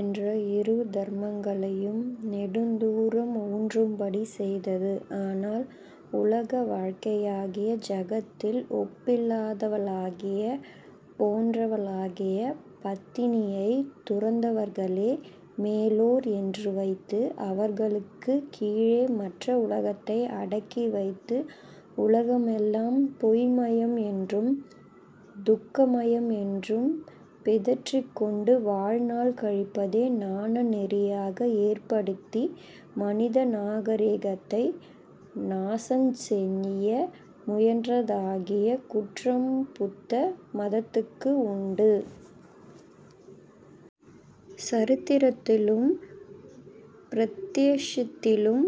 என்ற இரு தர்மங்களையும் நெடுந்தூரம் ஊன்றும்படி செய்தது. ஆனால், உலக வாழ்க்கையாகிய ஜகத்தில் ஒப்பில்லாதவளாகிய போன்றவளாகிய பத்தினியைத் துறந்தவர்களே மேலோர் என்று வைத்து, அவர்களுக்குக் கீழே மற்ற உலகத்தை அடக்கி வைத்து உலகமெல்லாம் பொய் மயம் என்றும், துக்க மயம் என்றும் பிதற்றிக் கொண்டு வாழ்நாள் கழிப்பதே ஞான நெறியாக ஏற்படுத்தி மனித நாகரிகத்தை நாசஞ் செய்ய முயன்றதாகிய குற்றம் புத்த மதத்துக்கு உண்டு. சரித்திரத்திலும் பிரத்யக்ஷத்திலும்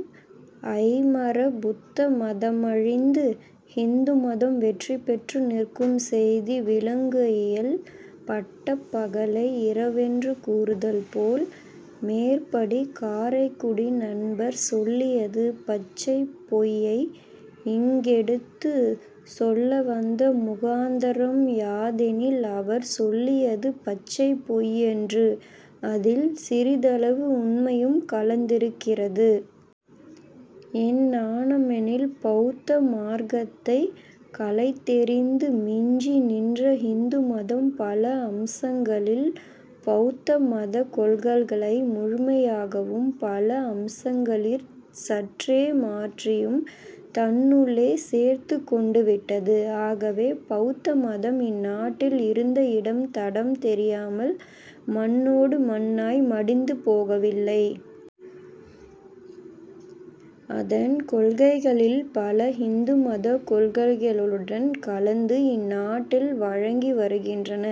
ஐயமற புத்த மதமழிந்து, ஹிந்து மதம் வெற்றி பெற்று நிற்கும் செய்தி விளங்ககையில், பட்டப் பகலை இரவென்று கூறுதல் போல், மேற்படி காரைக்குடி நண்பர் சொல்லியது பச்சைப் பொய்யை இங்கெடுத்துச் சொல்லவந்த முகாந்தரம் யாதெனில் அவர் சொல்லியது பச்சைப் பொய்யன்று. அதில் சிறிதளவு உண்மையும் கலந்திருக்கிறது. எங்ஙனமெனில், பௌத்த மார்க்கத்தை களைத்தெறிந்து மிஞ்சி நின்ற ஹிந்து மதம் பல அம்சங்களில் பௌத்த மதக் கொள்ககளை முழுமையாகவும் பல அம்சங்களிற் சற்றே மாற்றியும் தன்னுள்ளே சேர்த்துக் கொண்டுவிட்டது. ஆகவே பௌத்த மதம் இந்நாட்டில் இருந்த இடம் தடம் தெரியாமல் மண்ணோடு மண்ணாய் மடிந்து போகவில்லை. அதன் கொள்கைகளில் பல ஹிந்து மதக் கொள்கைகளுடன் கலந்து இந்நாட்டில் வழங்கி வருகின்றன.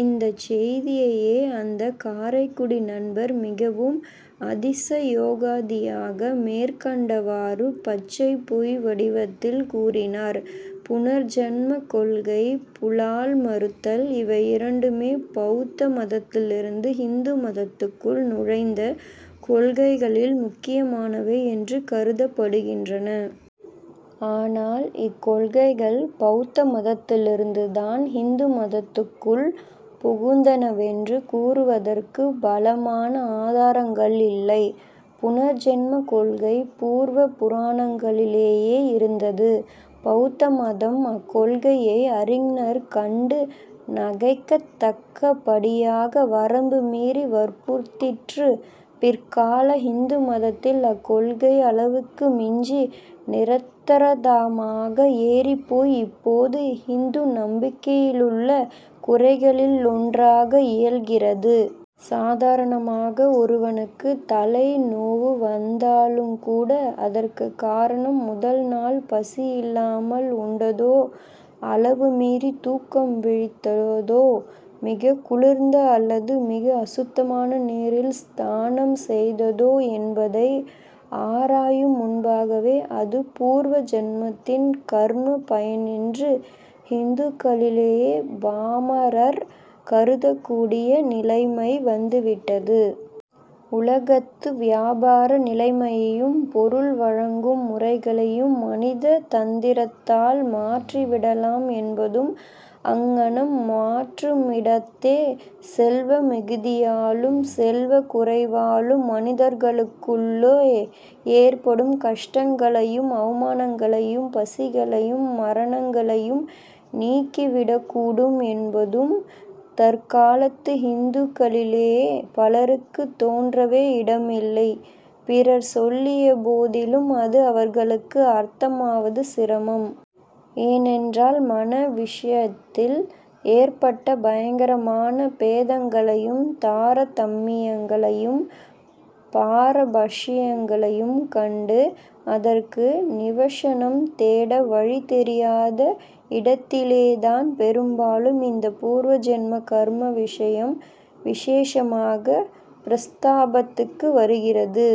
இந்தச் செய்தியையே அந்தக் காரைக்குடி நண்பர் மிகவும் அதிச யோகதியாக மேற்கண்டவாறு பச்சைப் பொய் வடிவத்தில் கூறினார். புனர் ஜன்மக் கொள்கை, புலால் மறுத்தல் இவை இரண்டுமே பௌத்த மதத்திலிருந்து ஹிந்து மதத்துக்குள் நுழைந்த கொள்கைகளில் முக்கியமானவை என்று கருதப் படுகின்றன. ஆனால், இக்கொள்கைகள் பௌத்த மதத்திலிருந்துதான் ஹிந்து மதத்துக்குள் புகுந்தனவென்று கூறுவதற்குப் பலமான ஆதாரங்களில்லை. புனர் ஜன்ம கொள்கை பூர்வ புராணங்களிலேயே இருந்தது. பௌத்த மதம் அக்கொள்கையை அறிஞர் கண்டு நகைக்கத்தக்க படியாக, வரம்பு மீறி வற்புறுத்திற்று. பிற்கால ஹிந்து மதத்தில் அக்கொள்கை அளவுக்கு மிஞ்சி, நிரார்த்தமாக ஏறிப்போய் இப்போது ஹிந்து நம்பிக்கையிலுள்ள குறைகளிலொன்றாக இயல்கிறது. சாதாரணமாக ஒருவனுக்குத் தலை நோவு வந்தாலுங்கூட, அதற்குக் காரணம் 'முதல்நாள் பசியில்லாமல் உண்டதோ, அளவு மீறித் தூக்கம் விழித்ததோ, மிகக் குளிர்ந்த அல்லது மிக அசுத்தமான நீரில் ஸ்நானம் செய்ததோ என்பதை ஆராயும் முன்பாகவே அது பூர்வ ஜன்மத்தின் கர்மப் பயனென்று ஹிந்துக்களிலேயெ பாமரர் கருதக்கூடிய நிலைமை வந்துவிட்டது. உலகத்து வியாபார நிலைமையையும், பொருள் வழங்கும் முறைகளையும் மனித தந்திரத்தால் மாற்றி விடலாம் என்பதும், அங்ஙனம் மாற்றுமிடத்தே செல்வ மிகுதியாலும் செல்வக் குறைவாலும் மனிதர்களுக்குள்ளே ஏற்படும் கஷ்டங்களையும், அவமானங்களையும், பசிகளையும், மரணங்களையும் நீக்கிவிடக் கூடும் என்பதும் தற்காலத்து ஹிந்துக்களிலே பலருக்கு தோன்றவே இடமில்லை. பிறர் சொல்லிய போதிலும் அது அவர்களுக்கு அர்த்தமாவது சிரமம். ஏனென்றால், மண விஷயத்தில் ஏற்பட்ட பயங்கரமான பேதங்களையும், தார தம்மியங்களையும், பாரபக்ஷங்களையும் கண்டு, அதற்கு நிவக்ஷணம் தேட வழி தெரியாத இடத்திலேதான், பெரும்பாலும் இந்தப் பூர்வ ஜன்ம கர்ம விஷயம் விசேஷமாகப் பிரஸ்தாபத்துக்கு வருகிறது.